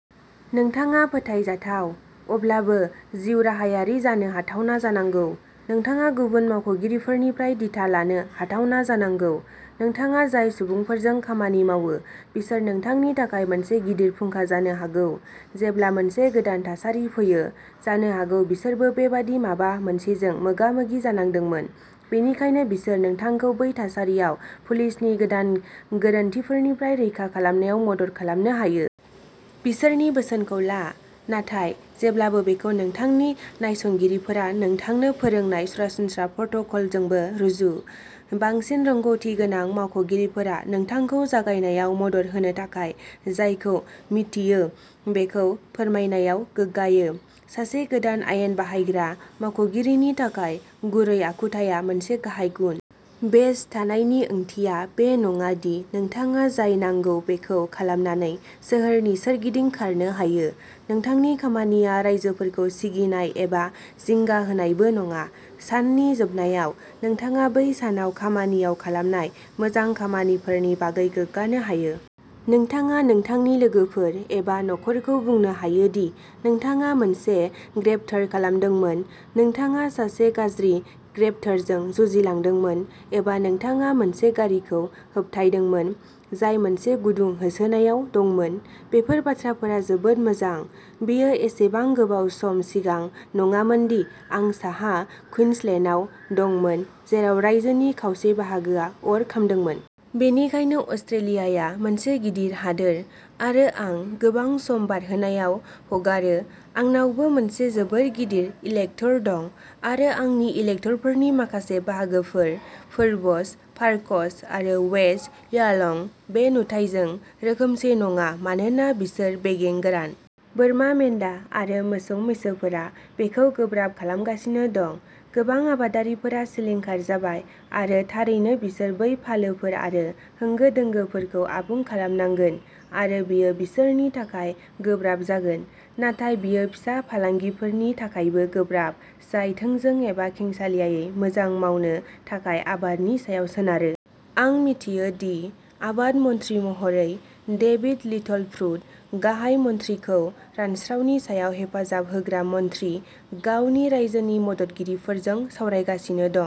नोंथाङा फोथायजाथाव, अब्लाबो जिउराहायारि जानो हाथावना जानांगौ। नोंथाङा गुबुन मावख'गिरिफोरनिफ्राय दिथा लानो हाथावना जानांगौ। नोंथाङा जाय सुबुंफोरजों खामानि मावो, बिसोर नोंथांनि थाखाय मोनसे गिदिर फुंखा जानो हागौ। जेब्ला मोनसे गोदान थासारि फैयो, जानो हागौ बिसोरबो बेबादि माबा मोनसेजों मोगा-मोगि जानांदोंमोन, बेनिखायनो बिसोर नोंथांखौ बै थासारियाव पुलिसनि गोदान गोरोन्थिफोरनिफ्राय रैखा खालामनायाव मदद खालामनो हायो। बिसोरनि बोसोनखौ ला, नाथाय जेब्लाबो बेखौ नोंथांनि नायसंगिरिफोरा नोंथांनो फोरोंनाय सरासनस्रा प्रट'कलजोंबो रुजु। बांसिन रोंग'थिगोनां मावख'गिरिफोरा नोंथांखौ जागायनायाव मदद होनो थाखाय जायखौ मिन्थियो बेखौ फोरमायनायाव गोग्गायो। सासे गोदान आयेन बाहायग्रा मावख'गिरिनि थाखाय गुरै आखुथाया मोनसे गाहाय गुन। बेज थानायनि ओंथिया बे नङा दि नोंथाङा जाय नांगौ बेखौ खालामनानै सोहोरनि सोरगिदिं खारनो हायो। नोंथांनि खामानिया राइजोफोरखौ सिगिनाय एबा जिंगा होनायबो नङा। साननि जोबनायाव, नोंथाङा बै सानाव खामानियाव खालामनाय मोजां खामानिफोरनि बागै गोग्गानो हायो। नोंथाङा नोंथांनि लोगोफोर एबा नखरखौ बुंनो हायो दि नोंथाङा मोनसे ग्रेप्तार खालामदोंमोन, नोंथाङा सासे गाज्रि ग्रेप्तारजों जुजिलांदोंमोन, एबा नोंथाङा मोनसे गारिखौ होबथायदोंमोन जाय मोनसे गुदुं होसोनायाव दंमोन। बेफोर बाथ्राफोरा जोबोद मोजां। बेयो एसेबां गोबाव सम सिगां नङामोन दि आं साहा कुइन्सलेन्डआव दंमोन, जेराव रायजोनि खावसे बाहागोआ अर खामदोंमोन। बेनिखायनो अस्ट्रेलियाया मोनसे गिदिर हादोर आरो आं गोबां सम बारहोनायाव हगारो। आंनावबो मोनसे जोबोद गिदिर इलेक्ट'र दं आरो आंनि इलेक्ट'रफोरनि माखासे बाहागोफोर-फोर्ब्स, पार्कस आरो वेस्ट व्यालं-बे नुथाइजों रोखोमसे नङा मानोना बिसोर बेगें गोरान। बोरमा मेन्दा आरो मोसौ-मैसोफोरा बेखौ गोब्राब खालामगासिनो दं। गोबां आबादारिफोरा सिलिंखार जाबाय आरो थारैनो बिसोर बै फालोफोर आरो होंगो-दोंगोफोरखौ आबुं खालामनांगोन आरो बेयो बिसोरनि थाखाय गोब्राब जागोन। नाथाय बेयो फिसा फालांगिफोरनि थाखायबो गोब्राब जाय थोंजों एबा खेंसालियायै मोजां मावनो थाखाय आबादनि सायाव सोनारो। आं मिथियो दि आबाद मन्थ्रि महरै डेभिड लिटलप्रुड, गाहाय मन्थ्रिखौ रानस्रावनि सायाव हेफाजाब होग्रा मन्थ्रि, गावनि रायजोनि मददगिरिफोरजों सावरायगासिनो दं।